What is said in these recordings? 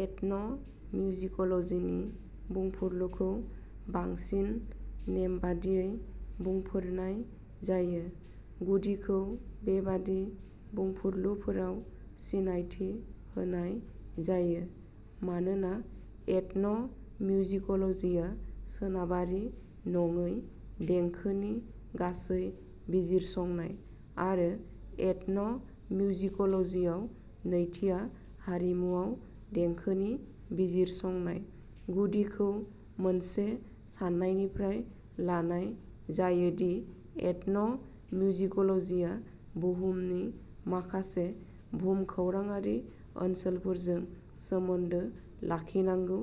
Ethan' मिउजिक'लजिनि बुंफुरलुखौ बांसिन नेमबादियै बुंफोरनाय जायो, गुदिखौ बेबादि बुंफुरलुफोराव सिनायथि होनाय जायो मानोना एथन' मिउजिक'लजिया सोनाबारि नङै देंखोनि गासै बिजिरसंनाय, आरो एथन'मिउजिक'लजियाव नैथिआ हारिमुआव देंखोनि बिजिरसंनाय। गुदिखौ मोनसे सान्नायनिफ्राय लानाय जायो दि एथन'मिउजिक'लजिया बुहुमनि माखासे भुमखौराङारि ओनसोलफोरजों सोमोन्दो लाखिनांगौ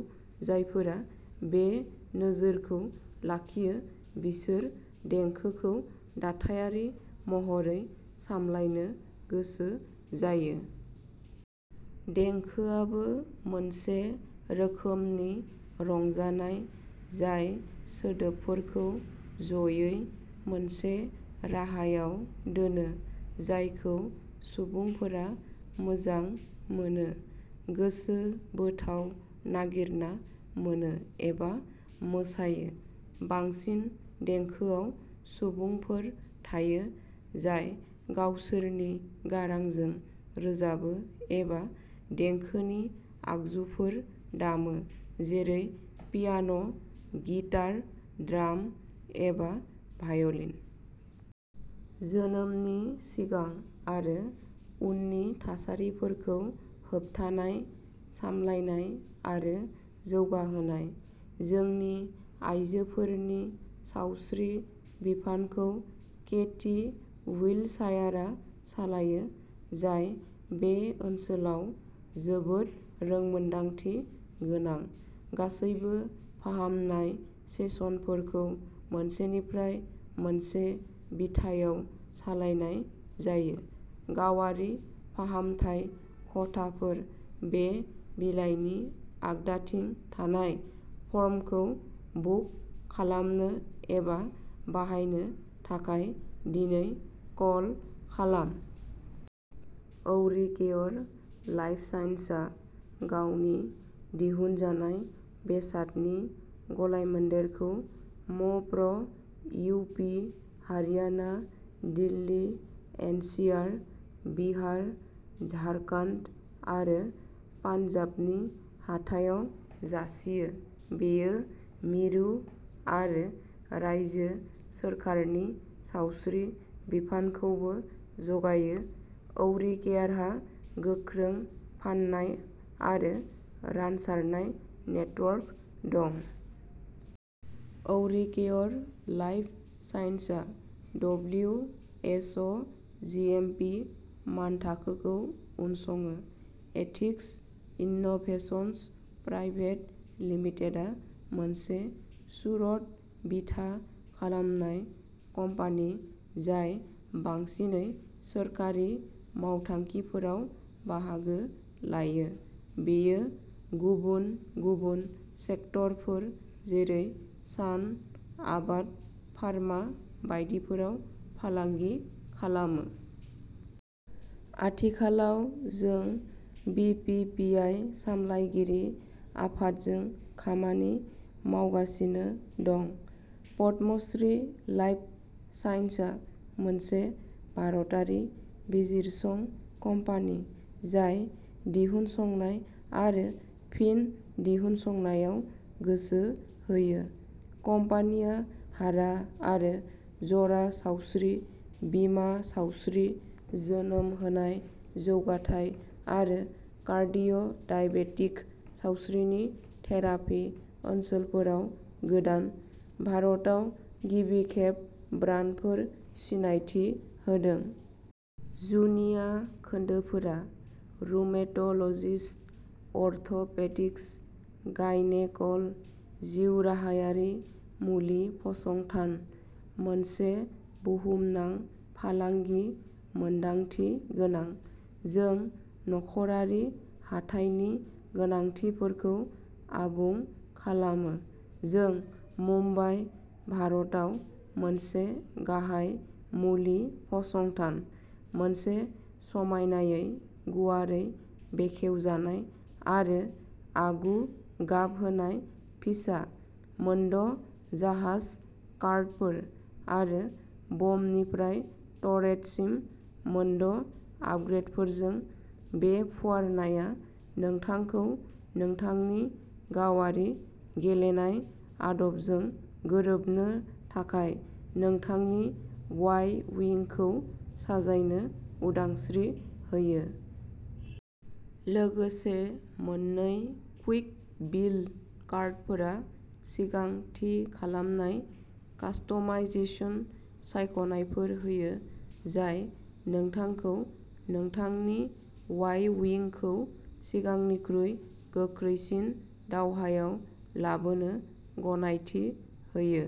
जायफोरा बे नोजोरखौ लाखियो बिसोर देंखोखौ दाथायारि महरै सामलायनो गोसो जायो। देंखोआबो मोनसे रोखोमनि रंजानाय जाय सोदोबफोरखौ ज'यै मोनसे राहायाव दोनो जायखौ सुबुंफोरा मोजां मोनो, गोसो बोथाव नागिरना मोनो एबा मोसायो। बांसिन देंखोआव सुबुंफोर थायो जाय गावसोरनि गारांजों रोजाबो एबा देंखोनि आगजुफोर दामो, जेरै पियान', गिटार, ड्राम एबा भाय'लिन। जोनोमनि सिगां आरो उननि थासारिफोरखौ होबथानाय, सामलायनाय आरो जौगाहोनाय। जोंनि आयजोफोरनि सावस्रि बिफानखौ केटी विल्टशायारआ सालायो, जाय बे ओनसोलाव जोबोद रोंमोनदांथि गोनां। गासैबो फाहामनाय सेसनफोरखौ मोनसेनिफ्राय मोनसे बिथायाव सालायनाय जायो। गावारि फाहामथाय खथाफोर बे बिलाइनि आगदाथिं थानाय फर्मखौ बुक खालामनो एबा बाहायनो थाखाय दिनै कल खालाम। औरिकेयर लाइफ साइन्सेसआ गावनि दिहुनजानाय बेसादनि गलायमोन्देरखौ म प्र, U P, Haryana, Delhi N C R, Bihar, Jharkhand आरो पान्जाबनि हाथायाव जासियो। बेयो मिरु आरो रायजो सोरखारनि सावस्रि बिफानखौबो जगायो। औरिकेयारहा गोख्रों फान्नाय आरो रानसारनाय नेटवर्क दं। औरिकेयर लाइफ साइन्सेसआ डब्लिउ एइस अ जिएमपि मानथाखोखौ उनसङो। एथिक्स इन्नोभेशनस प्राइभेट लिमिटेडआ मोनसे सुरत बिथा खालामनाय कम्पानि, जाय बांसिनै सोरखारि मावथांखिफोराव बाहागो लायो। बेयो गुबुन गुबुन सेक्टरफोर जेरै सान, आबाद, फार्मा बायदिफोराव फालांगि खालामो। आथिखालाव जों बिपिपिआइ सामलायगिरि आफादजों खामानि मावगासिनो दं। पद्मश्री लाइफ साइन्सेसआ मोनसे भारतारि बिजिरसं कम्पानि जाय दिहुनसंनाय आरो फिन दिहुनसंनाय आव गोसो होयो। कम्पानिया हारा आरो जरा सावस्रि, बिमा सावस्रि, जोनोम होनाय जौगाथाय आरो कार्डिय' डायबेटिक सावस्रिनि थेरापि ओनसोलफोराव गोदान, भारताव गिबि खेब ब्रान्डफोर सिनायथि होदों। जुनिया खोन्दोफोरा रुमेट'लजिस्ट, अर्थ'पेडिक्स, गायनेक'ल जिउराहायारि मुलि फसंथान, मोनसे बुहुमनां फालांगि मोनदांथि गोनां। जों नखरारि हाथाइनि गोनांथिफोरखौ आबुं खालामो। जों मुम्बाइ, भारतआव मोनसे गाहाय मुलि फसंथान। मोनसे समायनायै गुवारै बेखेवजानाय आरो आगु गाब होनाय फिसा, मोनद' जाहाज कार्डफोर, आरो बमनिफ्राय टर्रेटसिम मोनद'आपग्रेदफोरजों, बे फुवारनाया नोंथांखौ नोंथांनि गावारि गेलेनाय आदबजों गोरोबनो थाखाय नोंथांनि वाइ उइंखौ साजायनो उदांस्रि होयो। लोगोसे, मोन्नै कुइक बिल्ड कार्डफोरा सिगां थि खालामनाय कास्टमाइजेशन सायख'नायफोर होयो, जाय नोंथांखौ नोंथांनि वाइ-उइंखौ सिगांनिख्रुइ गोख्रैसिन दावहायाव लाबोनो गनायथि होयो।